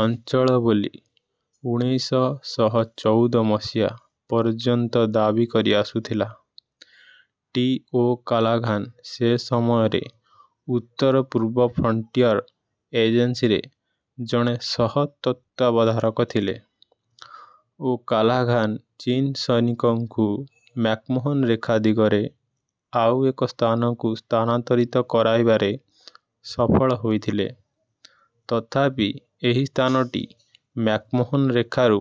ଅଞ୍ଚଳ ବୋଲି ଉଣେଇଶ ଶହ ଚଉଦ ମସିହା ପର୍ଯ୍ୟନ୍ତ ଦାବି କରି ଆସୁଥିଲା। ଟି. ଓ କାଲାଘାନ୍ ସେ ସମୟରେ ଉତ୍ତର-ପୂର୍ବ ଫ୍ରଣ୍ଟିୟର୍ ଏଜେନ୍ସିରେ ଜଣେ ସହ-ତତ୍ତ୍ୱାବଧାରକ ଥିଲେ। ଓ କାଲାଘାନ୍ ଚୀନ୍ ସୈନିକଙ୍କୁ ମ୍ୟାକ୍-ମୋହନ ରେଖା ଦିଗରେ ଆଉ ଏକ ସ୍ଥାନକୁ ସ୍ଥାନାନ୍ତରିତ କରାଇବାରେ ସଫଳ ହୋଇଥିଲେ ତଥାପି ଏହି ସ୍ଥାନଟି ମ୍ୟାକ୍ମୋ ହନ ରେଖାରୁ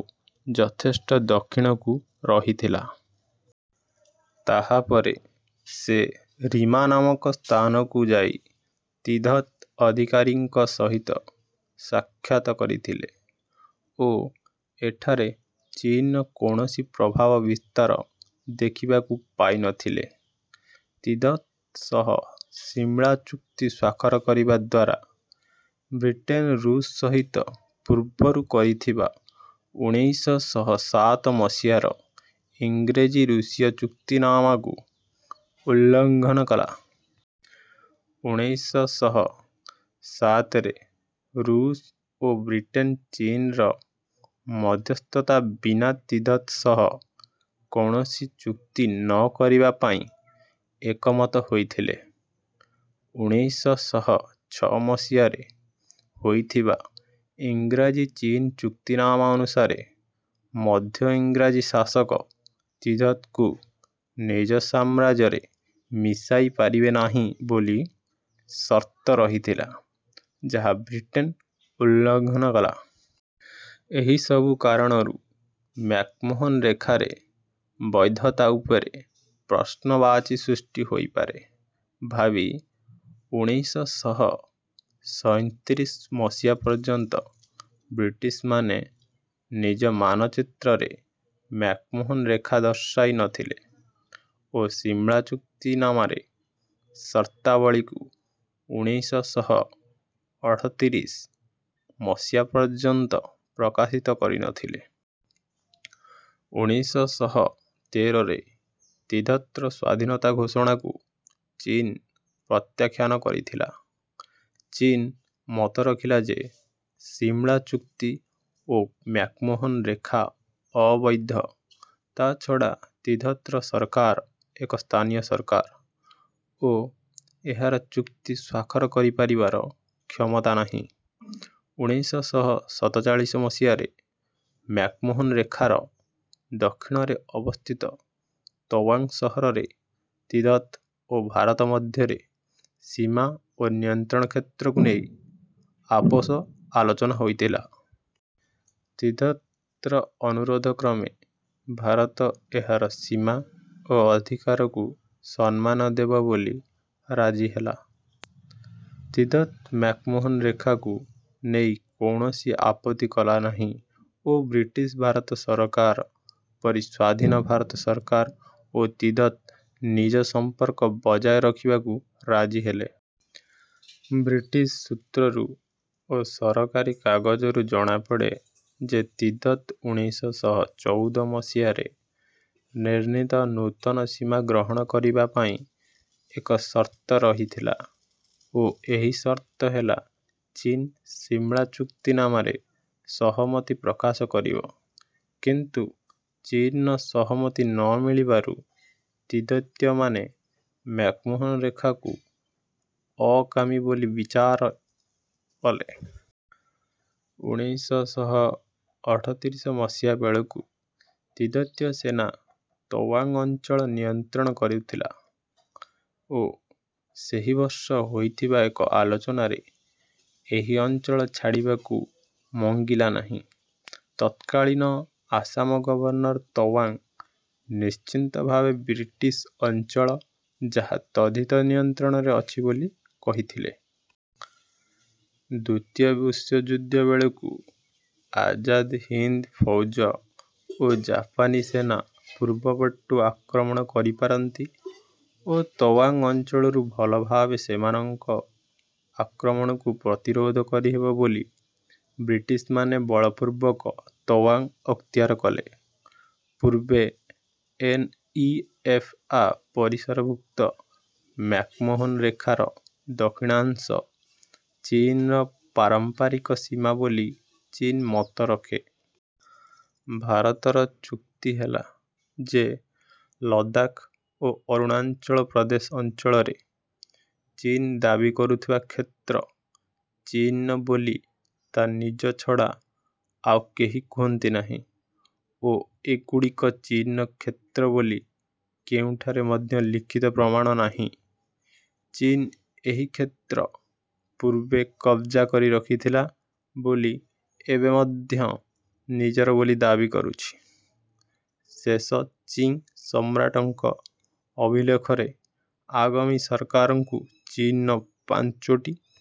ଯଥେଷ୍ଟ ଦକ୍ଷିଣକୁ ରହିଥିଲା। ତାହାପରେ ସେ ରିମା ନାମକ ସ୍ଥାନକୁ ଯାଇ ତିବ୍ଦତ ଅଧିକାରୀଙ୍କ ସହିତ ସାକ୍ଷାତ କରିଥିଲେ ଓ ଏଠାରେ ଚୀନ୍‌ର କୌଣସି ପ୍ରଭାବ ବିସ୍ତାର ଦେଖିବାକୁ ପାଇ ନ ଥିଲେ। ତିବ୍ଦତ ସହ ସିମଳା ଚୁକ୍ତି ସ୍ୱାକ୍ଷର କରିବା ଦ୍ୱାରା ବ୍ରିଟେନ୍ ଋଷ୍ ସହିତ ପୂର୍ବରୁ କରିଥିବା ଉଣେଇଶ ଶହ ସାତ ମସିହାର ଇଂରାଜୀ-ଋଷୀୟ ଚୁକ୍ତିନାମାକୁ ଉଲ୍ଲଂଘନ କଲା। ଉଣେଇଶ ଶହ ସାତରେ ଋଷ୍ ଓ ବ୍ରିଟେନ୍ ଚୀନ୍‌ର ମଧ୍ୟସ୍ଥତା ବିନା ତିବ୍ଦତ ସହ କୌଣସି ଚୁକ୍ତି ନ କରିବା ପାଇଁ ଏକମତ ହୋଇଥିଲେ। ଉଣେଇଶ ଶହ ଛଅ ମସିହାରେ ହୋଇଥିବା ଇଂରାଜୀ-ଚୀନୀ ଚୁକ୍ତିନାମା ଅନୁସାରେ ମଧ୍ୟ ଇଂରାଜୀ ଶାସକ ତିବ୍ଦତକୁ ନିଜ ସାମ୍ରାଜ୍ୟରେ ମିଶାଇ ପାରିବେ ନାହିଁ ବୋଲି ସର୍ତ୍ତ ରହିଥିଲା ଯାହା ବ୍ରିଟେନ୍ ଉଲ୍ଲଂଘନ କଲା। ଏହି ସବୁ କାରଣରୁ ମ୍ୟାକ୍-ମୋହନ ରେଖାର ବୈଧତା ଉପରେ ପ୍ରଶ୍ନବାଚୀ ସୃଷ୍ଟି ହୋଇପାରେ ଭାବି ଉଣେଇଶ ଶହ ସଇଁତିରିଶ ମସିହା ପର୍ଯ୍ୟନ୍ତ ବ୍ରିଟିଶ୍‌ମାନେ ନିଜ ମାନଚିତ୍ରରେ ମ୍ୟାକ୍-ମୋହନ ରେଖା ଦର୍ଶାଇ ନ ଥିଲେ ଓ ସିମଳା ଚୁକ୍ତିନାମାର ସର୍ତ୍ତାବଳୀକୁ ଉଣେଇଶ ଶହ ଅଠତିରିଶ ମସିହା ପର୍ଯ୍ୟନ୍ତ ପ୍ରକାଶିତ କରି ନ ଥିଲେ। ଉଣେଇଶ ଶହ ତେରରେ ତିବ୍ଦତର ସ୍ୱାଧୀନତା ଘୋଷଣାକୁ ଚୀନ୍ ପ୍ରତ୍ୟାଖ୍ୟାନ କରିଥିଲା। ଚୀନ୍ ମତ ରଖିଲା ଯେ ସିମଳା ଚୁକ୍ତି ଓ ମ୍ୟାକ୍-ମୋହନ ରେଖା ଅବୈଧ, ତା’ଛଡ଼ା ତିବ୍ଦତର ସରକାର ଏକ ସ୍ଥାନୀୟ ସରକାର ଓ ଏହାର ଚୁକ୍ତି ସ୍ୱାକ୍ଷର କରିପାରିବାର କ୍ଷମତା ନାହିଁ। ଉଣେଇଶ ଶହ ସତଚାଳିଶ ମସିହାରେ ମ୍ୟାକ୍-ମୋହନ ରେଖାର ଦକ୍ଷିଣରେ ଅବସ୍ଥିତ ତୱାଙ୍ଗ୍ ସହରରେ ତିବ୍ଦତ ଓ ଭାରତ ମଧ୍ୟରେ ସୀମା ଓ ନିୟନ୍ତ୍ରଣ କ୍ଷେତ୍ରକୁ ନେଇ ଆପୋଷ ଆଲୋଚନା ହୋଇଥିଲା। ତିବ୍ଦତର ଅନୁରୋଧ କ୍ରମେ ଭାରତ ଏହାର ସୀମା ଓ ଅଧିକାରକୁ ସମ୍ମାନ ଦେବ ବୋଲି ରାଜି ହେଲା, ତିବ୍ଦତ ମ୍ୟାକ୍-ମୋହନ ରେଖାକୁ ନେଇ କୌଣସି ଆପତ୍ତି କଲା ନାହିଁ ଓ ବ୍ରିଟିଶ୍-ଭାରତ ସରକାର ପରି ସ୍ୱାଧୀନ ଭାରତ ସରକାର ଓ ତିବ୍ଦତ ନିଜ ସମ୍ପର୍କ ବଜାୟ ରଖିବାକୁ ରାଜି ହେଲେ। ବ୍ରିଟିଶ୍ ସୂତ୍ରରୁ ଓ ସରକାରୀ କାଗଜରୁ ଜଣାପଡ଼େ ଯେ ତିବ୍ଦତ ଉଣେଇଶ ଶହ ଚଉଦ ମସିହାରେ ନିର୍ଣ୍ଣୀତ ନୂତନ ସୀମା ଗ୍ରହଣ କରିବା ପାଇଁ ଏକ ସର୍ତ୍ତ ରହିଥିଲା ଓ ଏହି ସର୍ତ୍ତ ହେଲା ଚୀନ୍ ସିମଳା ଚୁକ୍ତିନାମାରେ ସହମତି ପ୍ରକାଶ କରିବ। କିନ୍ତୁ ଚୀନ୍‌ର ସହମତି ନ ମିଳିବାରୁ ତିବ୍ଦତୀୟମାନେ ମ୍ୟାକ୍-ମୋହନ ରେଖାକୁ ଅକାମୀ ବୋଲି ବିଚାର କଲେ। ଉଣେଇଶ ଶହ ଅଠତିରିଶ ମସିହା ବେଳକୁ ତିବ୍ଦତୀୟ ସେନା ତୱାଙ୍ଗ୍ ଅଞ୍ଚଳ ନିୟନ୍ତ୍ରଣ କରୁଥିଲା ଓ ସେହି ବର୍ଷ ହୋଇଥିବା ଏକ ଆଲୋଚନାରେ ଏହି ଅଞ୍ଚଳ ଛାଡ଼ିବାକୁ ମଙ୍ଗିଲା ନାହିଁ। ତତ୍କାଳୀନ ଆସାମ ଗଭର୍ଣ୍ଣର୍ ତୱାଙ୍ଗ୍ ନିଶ୍ଚିତ ଭାବେ ବ୍ରିଟିଶ୍ ଅଞ୍ଚଳ ଯାହା ତିବ୍ଦତ ନିୟନ୍ତ୍ରଣରେ ଅଛି ବୋଲି କହିଥିଲେ। ଦ୍ୱିତୀୟ ବିଶ୍ୱଯୁଦ୍ଧ ବେଳକୁ ଆଜାଦ୍ ହିନ୍ଦ୍ ଫୌଜ ଓ ଜାପାନୀ ସେନା ପୂର୍ବ ପଟୁ ଆକ୍ରମଣ କରିପାରନ୍ତି ଓ ତୱାଙ୍ଗ୍ ଅଞ୍ଚଳରୁ ଭଲ ଭାବେ ସେମାନଙ୍କ ଆକ୍ରମଣକୁ ପ୍ରତିରୋଧ କରିହେବ ବୋଲି ବ୍ରିଟିଶ୍‌ମାନେ ବଳପୂର୍ବକ ତୱାଙ୍ଗ୍ ଅକ୍ତିଆର କଲେ। ପୂର୍ବେ ଏନ ଇ ଏଫ୍ ଆ ପରିସରଭୁକ୍ତ ମ୍ୟାକ୍-ମୋହନ ରେଖାର ଦକ୍ଷିଣାଂଶ ଚୀନ୍‌ର ପାରମ୍ପରିକ ସୀମା ବୋଲି ଚୀନ୍ ମତ ରଖେ। ଭାରତର ଯୁକ୍ତି ହେଲା ଯେ ଲଦାଖ୍ ଓ ଅରୁଣାଚଳ ପ୍ରଦେଶ ଅଞ୍ଚଳରେ ଚୀନ୍ ଦାବି କରୁଥିବା କ୍ଷେତ୍ର ଚୀନ୍‌ର ବୋଲି ତା ନିଜ ଛଡ଼ା ଆଉ କେହି କୁହନ୍ତି ନାହିଁ ଓ ଏଗୁଡ଼ିକ ଚୀନ୍‌ର କ୍ଷେତ୍ର ବୋଲି କେଉଁଠାରେ ମଧ୍ୟ ଲିଖିତ ପ୍ରମାଣ ନାହିଁ। ଚୀନ୍ ଏହି କ୍ଷେତ୍ର ପୂର୍ବେ କବ୍‌ଜା କରି ରଖିଥିଲା ବୋଲି ଏବେ ମଧ୍ୟ ନିଜର ବୋଲି ଦାବି କରୁଛି। ଶେଷ ଚିଙ୍ଗ୍ ସମ୍ରାଟଙ୍କ ଅଭିଲେଖରେ ଆଗାମୀ ସରକାରଙ୍କୁ ଚୀନ୍‌ର ପାଞ୍ଚୋଟି